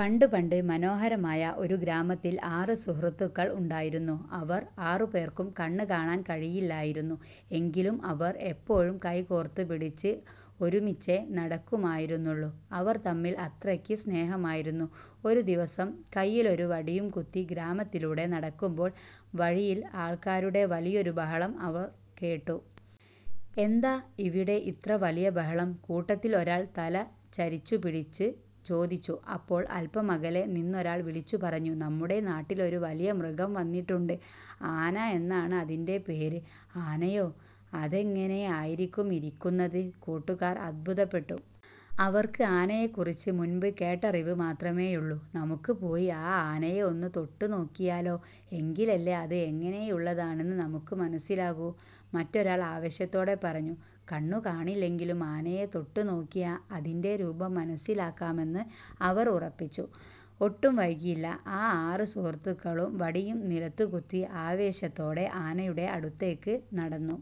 പണ്ട് പണ്ട്, മനോഹരമായ ഒരു ഗ്രാമത്തിൽ ആറ് സുഹൃത്തുക്കൾ ഉണ്ടായിരുന്നു. അവർ ആറുപേർക്കും കണ്ണ് കാണാൻ കഴിയില്ലായിരുന്നു. എങ്കിലും അവർ എപ്പോഴും കൈകോർത്ത് പിടിച്ച് ഒരുമിച്ചേ നടക്കുമായിരുന്നുള്ളൂ. അവർ തമ്മിൽ അത്രയ്ക്ക് സ്നേഹമായിരുന്നു. ഒരു ദിവസം കയ്യിലൊരു വടിയും കുത്തി ഗ്രാമത്തിലൂടെ നടക്കുമ്പോൾ, വഴിയിൽ ആൾക്കാരുടെ വലിയൊരു ബഹളം അവർ കേട്ടു. "എന്താ ഇവിടെ ഇത്ര വലിയ ബഹളം? " കൂട്ടത്തിൽ ഒരാൾ തല ചരിച്ചു പിടിച്ച് ചോദിച്ചു. അപ്പോൾ അല്പം അകലെ നിന്നൊരാൾ വിളിച്ചു പറഞ്ഞു: "നമ്മുടെ നാട്ടിലൊരു വലിയ മൃഗം വന്നിട്ടുണ്ട്. ആന എന്നാണ് അതിന്റെ പേര്! " "ആനയോ? അതെങ്ങനെ ആയിരിക്കും ഇരിക്കുന്നത്? " കൂട്ടുകാർ അത്ഭുതപ്പെട്ടു. അവർക്ക് ആനയെക്കുറിച്ച് മുൻപ് കേട്ടറിവ് മാത്രമേയുള്ളൂ. "നമുക്ക് പോയി ആ ആനയെ ഒന്ന് തൊട്ടുനോക്കിയാലോ? എങ്കിലല്ലേ അത് എങ്ങനെയുള്ളതാണെന്ന് നമുക്ക് മനസ്സിലാകൂ! " മറ്റൊരാൾ ആവേശത്തോടെ പറഞ്ഞു. കണ്ണു കാണില്ലെങ്കിലും ആനയെ തൊട്ടുനോക്കി അതിന്റെ രൂപം മനസ്സിലാക്കാമെന്ന് അവർ ഉറപ്പിച്ചു. ഒട്ടും വൈകിയില്ല, ആ ആറ് സുഹൃത്തുക്കളും വടിയും നിലത്തുകുത്തി ആവേശത്തോടെ ആനയുടെ അടുത്തേക്ക് നടന്നു.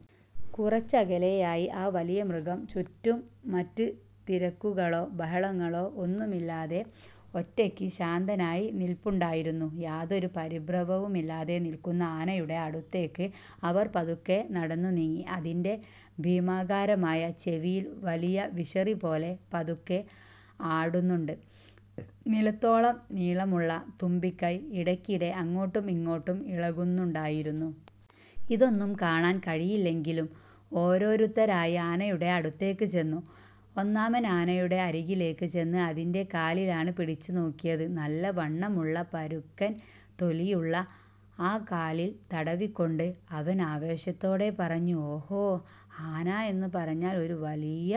കുറച്ചകലെയായി ആ വലിയ മൃഗം ചുറ്റും മറ്റ് തിരക്കുകളോ ബഹളങ്ങളോ ഒന്നുമില്ലാതെ ഒറ്റയ്ക്ക് ശാന്തനായി നിൽപ്പുണ്ടായിരുന്നു. യാതൊരു പരിഭ്രമവുമില്ലാതെ നിൽക്കുന്ന ആനയുടെ അടുത്തേക്ക് അവർ പതുക്കെ നടന്നുനീങ്ങി. അതിന്റെ ഭീമാകാരമായ ചെവിയിൽ വലിയ വിശറിപോലെ പതുക്കെ ആടുന്നുണ്ട്. നിലത്തോളം നീളമുള്ള തുമ്പിക്കൈ ഇടയ്ക്കിടെ അങ്ങോട്ടും ഇങ്ങോട്ടും ഇളകുന്നുണ്ടായിരുന്നു. ഇതൊന്നും കാണാൻ കഴിയില്ലെങ്കിലും ഓരോരുത്തരായി ആനയുടെ അടുത്തേക്ക് ചെന്നു. ഒന്നാമൻ ആനയുടെ അരികിലേക്ക് ചെന്ന് അതിന്റെ കാലിലാണ് പിടിച്ചു നോക്കിയത്. നല്ല വണ്ണമുള്ള, പരുക്കൻ തൊലിയുള്ള ആ കാലിൽ തടവിക്കൊണ്ട് അവൻ ആവേശത്തോടെ പറഞ്ഞു: "ഓഹോ! ആന എന്ന് പറഞ്ഞാൽ ഒരു വലിയ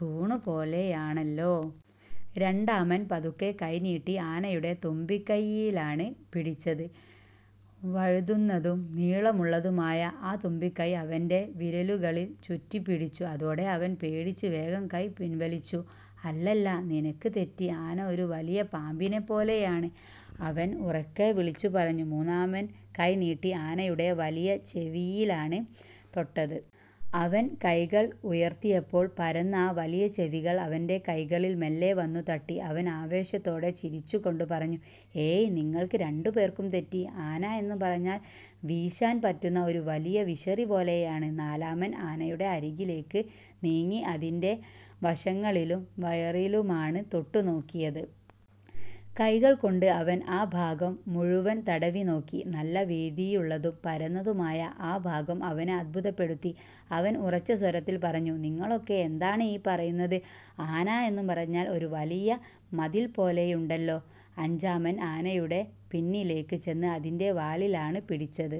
തൂണ് പോലെയാണല്ലോ! " രണ്ടാമൻ പതുക്കെ കൈനീട്ടി ആനയുടെ തുമ്പിക്കൈയിലാണ് പിടിച്ചത്. വഴുതുന്നതും നീളമുള്ളതുമായ ആ തുമ്പിക്കൈ അവന്റെ വിരലുകളിൽ ചുറ്റിപ്പിടിച്ചു. അതോടെ അവൻ പേടിച്ച് വേഗം കൈ പിൻവലിച്ചു. "അല്ലല്ല, നിനക്ക് തെറ്റി! ആന ഒരു വലിയ പാമ്പിനെപ്പോലെയാണ്! " അവൻ ഉറക്കെ വിളിച്ചുപറഞ്ഞു. മൂന്നാമൻ കൈനീട്ടി ആനയുടെ വലിയ ചെവിയിലാണ് തൊട്ടത്. അവൻ കൈകൾ ഉയർത്തിയപ്പോൾ പരന്ന ആ വലിയ ചെവികൾ അവന്റെ കൈകളിൽ മെല്ലെ വന്നു തട്ടി. അവൻ ആവേശത്തോടെ ചിരിച്ചു കൊണ്ട് പറഞ്ഞു: "ഏയ്, നിങ്ങൾക്ക് രണ്ടുപേർക്കും തെറ്റി! ആന എന്ന് പറഞ്ഞാൽ വീശാൻ പറ്റുന്ന ഒരു വലിയ വിശറി പോലെയാണ്. " നാലാമൻ ആനയുടെ അരികിലേക്ക് നീങ്ങി അതിന്റെ വശങ്ങളിലും വയറിലുമാണ് തൊട്ടു നോക്കിയത്. കൈകൾ കൊണ്ട് അവൻ ആ ഭാഗം മുഴുവൻ തടവി നോക്കി. നല്ല വീതിയുള്ളതും പരന്നതുമായ ആ ഭാഗം അവനെ അത്ഭുതപ്പെടുത്തി. അവൻ ഉറച്ച സ്വരത്തിൽ പറഞ്ഞു, "നിങ്ങളൊക്കെ എന്താണ് ഈ പറയുന്നത്? ആന എന്ന് പറഞ്ഞാൽ ഒരു വലിയ മതിൽ പോലെയുണ്ടല്ലോ! " അഞ്ചാമൻ ആനയുടെ പിന്നിലേക്ക് ചെന്ന് അതിന്റെ വാലിലാണ് പിടിച്ചത്.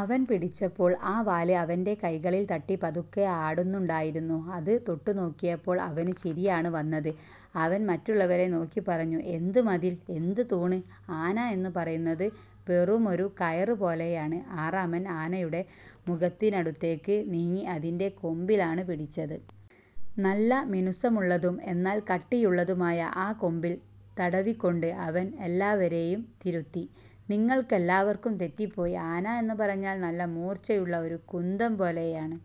അവൻ പിടിച്ചപ്പോൾ ആ വാല് അവന്റെ കൈകളിൽ തട്ടി പതുക്കെ ആടുന്നുണ്ടായിരുന്നു. അത് തൊട്ടുനോക്കിയപ്പോൾ അവന് ചിരിയാണ് വന്നത്. അവൻ മറ്റുള്ളവരെ നോക്കി പറഞ്ഞു, "എന്ത് മതിൽ? എന്ത് തൂണ്? ആന എന്ന് പറയുന്നത് വെറുമൊരു കയറ് പോലെയാണ്! " ആറാമൻ ആനയുടെ മുഖത്തിനടുത്തേക്ക് നീങ്ങി അതിന്റെ കൊമ്പിലാണ് പിടിച്ചത്. നല്ല മിനുസമുള്ളതും എന്നാൽ കട്ടിയുള്ളതുമായ ആ കൊമ്പിൽ തടവിക്കൊണ്ട് അവൻ എല്ലാവരെയും തിരുത്തി. "നിങ്ങൾക്കെല്ലാവർക്കും തെറ്റിപ്പോയി! ആന എന്ന് പറഞ്ഞാൽ നല്ല മൂർച്ചയുള്ള ഒരു കുന്തം പോലെയാണ്!